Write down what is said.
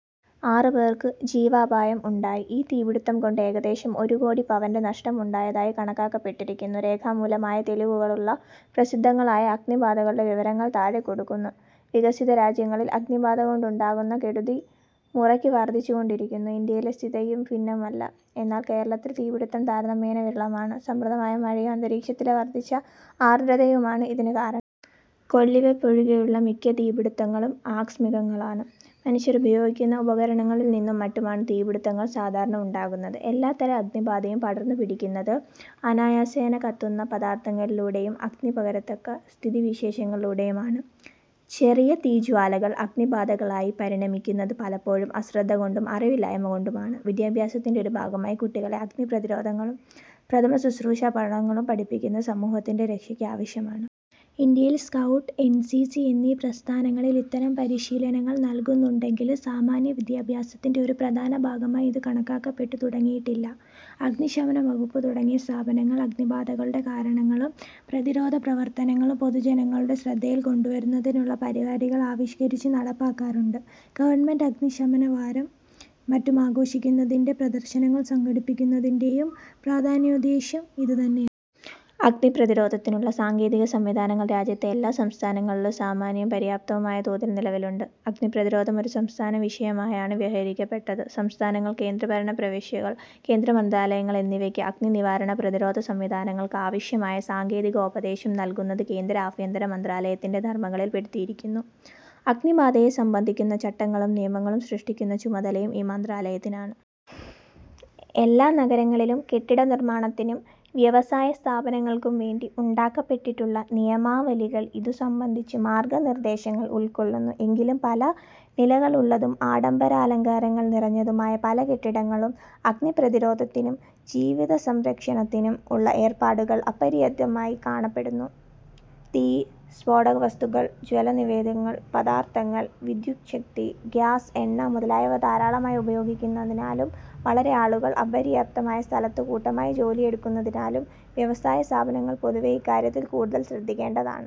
ആറു പേർക്കു ജീവാപായം ഉണ്ടായി. ഈ തീപിടിത്തംകൊണ്ട് ഏകദേശം ഒരുകോടി പവന്റെ നഷ്ടമുണ്ടായതായി കണക്കാക്കപ്പെട്ടിരിക്കുന്നു. രേഖാമൂലമായ തെളിവുകളുള്ള പ്രസിദ്ധങ്ങളായ അഗ്നിബാധകളുടെ വിവരങ്ങൾ താഴെ കൊടുക്കുന്നു. വികസിതരാജ്യങ്ങളിൽ അഗ്നിബാധകൊണ്ടുണ്ടാകുന്ന കെടുതി മുറയ്ക്കു വർധിച്ചു കൊണ്ടിരിക്കുന്നു. ഇന്ത്യയിലെ സ്ഥിതിയും ഭിന്നമല്ല. എന്നാൽ കേരളത്തിൽ തീപിടിത്തം താരതമ്യേന വിരളമാണ്. സമൃദ്ധമായ മഴയും, അന്തരീക്ഷത്തിലെ വർധിച്ച ആർദ്രതയുമാണ് ഇതിനു കാരണം. കൊള്ളിവയ്പൊഴികെയുള്ള മിക്ക തീപിടിത്തങ്ങളും ആകസ്മികങ്ങളാണ്. മനുഷ്യർ ഉപയോഗിക്കുന്ന ഉപകരണങ്ങളിൽനിന്നും മറ്റും ആണ് തീപിടിത്തങ്ങൾ സാധാരണ ഉണ്ടാകുന്നത്. എല്ലാത്തരം അഗ്നിബാധയും പടർന്നുപിടിക്കുന്നത് അനായാസേന കത്തുന്ന പദാർഥങ്ങളിലൂടെയും, അഗ്നി പകരത്തക്ക സ്ഥിതിവിശേഷങ്ങളിലൂടെയും ആണ്. ചെറിയ തീജ്വാലകൾ അഗ്നിബാധകളായി പരിണമിക്കുന്നത് പലപ്പോഴും അശ്രദ്ധകൊണ്ടും അറിവില്ലായ്മകൊണ്ടുമാണ്. വിദ്യാഭ്യാസത്തിന്റെ ഒരു ഭാഗമായി കുട്ടികളെ അഗ്നിപ്രതിരോധങ്ങളും പ്രഥമശുശ്രൂഷാപാഠങ്ങളും പഠിപ്പിക്കുന്നത്, സമൂഹത്തിന്റെ രക്ഷയ്ക്ക് ആവശ്യമാണ്. ഇന്ത്യയിൽ സ്കൗട്ട്, എൻ. സി. സി എന്നീ പ്രസ്ഥാനങ്ങളിൽ ഇത്തരം പരിശീലനങ്ങൾ നല്കുന്നുണ്ടെങ്കിലും സാമാന്യവിദ്യാഭ്യാസത്തിന്റെ ഒരു പ്രധാന ഭാഗമായി ഇതു കണക്കാക്കപ്പെട്ടു തുടങ്ങിയിട്ടില്ല. അഗ്നിശമനവകുപ്പ് തുടങ്ങിയ സ്ഥാപനങ്ങൾ അഗ്നിബാധകളുടെ കാരണങ്ങളും പ്രതിരോധപ്രവർത്തനങ്ങളും പൊതുജനങ്ങളുടെ ശ്രദ്ധയിൽ കൊണ്ടുവരുന്നതിനുള്ള പരിപാടികൾ ആവിഷ്കരിച്ചു നടപ്പാക്കാറുണ്ട്. ഗവൺമെന്റ് അഗ്നിശമനവാരവും മറ്റും ആഘോഷിക്കുന്നതിന്റെയും പ്രദർശനങ്ങൾ സംഘടിപ്പിക്കുന്നതിന്റെയും പ്രധാനോദ്ദേശ്യം ഇതുതന്നെയാണ്. അഗ്നിപ്രതിരോധത്തിനുള്ള സാങ്കേതിക സംവിധാനങ്ങൾ രാജ്യത്തെ എല്ലാ സംസ്ഥാനങ്ങളിലും സാമാന്യം പര്യാപ്തമായ തോതിൽ നിലവിലുണ്ട്. അഗ്നിപ്രതിരോധം ഒരു സംസ്ഥാന വിഷയമായാണ് വ്യവഹരിക്കപ്പെടുന്നത്. സംസ്ഥാനങ്ങൾ, കേന്ദ്രഭരണ പ്രവിശ്യകൾ, കേന്ദ്ര മന്ത്രാലയങ്ങൾ എന്നിവയ്ക്ക് അഗ്നിനിവാരണ/പ്രതിരോധ സംവിധാനങ്ങൾക്ക് ആവശ്യമായ സാങ്കേതികോപദേശം നല്കുന്നത് കേന്ദ്ര ആഭ്യന്തര മന്ത്രാലയത്തിന്റെ ധർമങ്ങളിൽ പെടുത്തിയിരിക്കുന്നു; അഗ്നിബാധയെ സംബന്ധിക്കുന്ന ചട്ടങ്ങളും നിയമങ്ങളും സൃഷ്ടിക്കുന്ന ചുമതലയും ഈ മന്ത്രാലയത്തിനാണ്. എല്ലാ നഗരങ്ങളിലും കെട്ടിടനിർമ്മാണത്തിനും വ്യവസായസ്ഥാപനങ്ങൾക്കുംവേണ്ടി ഉണ്ടാക്കപ്പെട്ടിട്ടുള്ള നിയമാവലികൾ ഇതു സംബന്ധിച്ച മാർഗനിർദ്ദേശങ്ങൾ ഉൾക്കൊള്ളുന്നു. എങ്കിലും പല നിലകളുള്ളതും ആഡംബരാലങ്കാരങ്ങൾ നിറഞ്ഞതുമായ പല കെട്ടിടങ്ങളിലും അഗ്നിപ്രതിരോധത്തിനും ജീവധനസംരക്ഷണത്തിനും ഉള്ള ഏർപ്പാടുകൾ അപര്യാപ്തമായി കാണപ്പെടുന്നു. തീയ്, സ്ഫോടകവസ്തുക്കൾ, ജ്വലനവിധേയതയുള്ള പദാർഥങ്ങൾ, വിദ്യുച്ഛക്തി, ഗ്യാസ്, എണ്ണ മുതലായവ ധാരാളമായി ഉപയോഗിക്കുന്നതിനാലും വളരെ ആളുകൾ അപര്യാപ്തമായ സ്ഥലത്ത് കൂട്ടമായി ജോലിയെടുക്കുന്നതിനാലും വ്യവസായസ്ഥാപനങ്ങൾ പൊതുവേ ഇക്കാര്യത്തിൽ കൂടുതൽ ശ്രദ്ധിക്കേണ്ടതാണ്.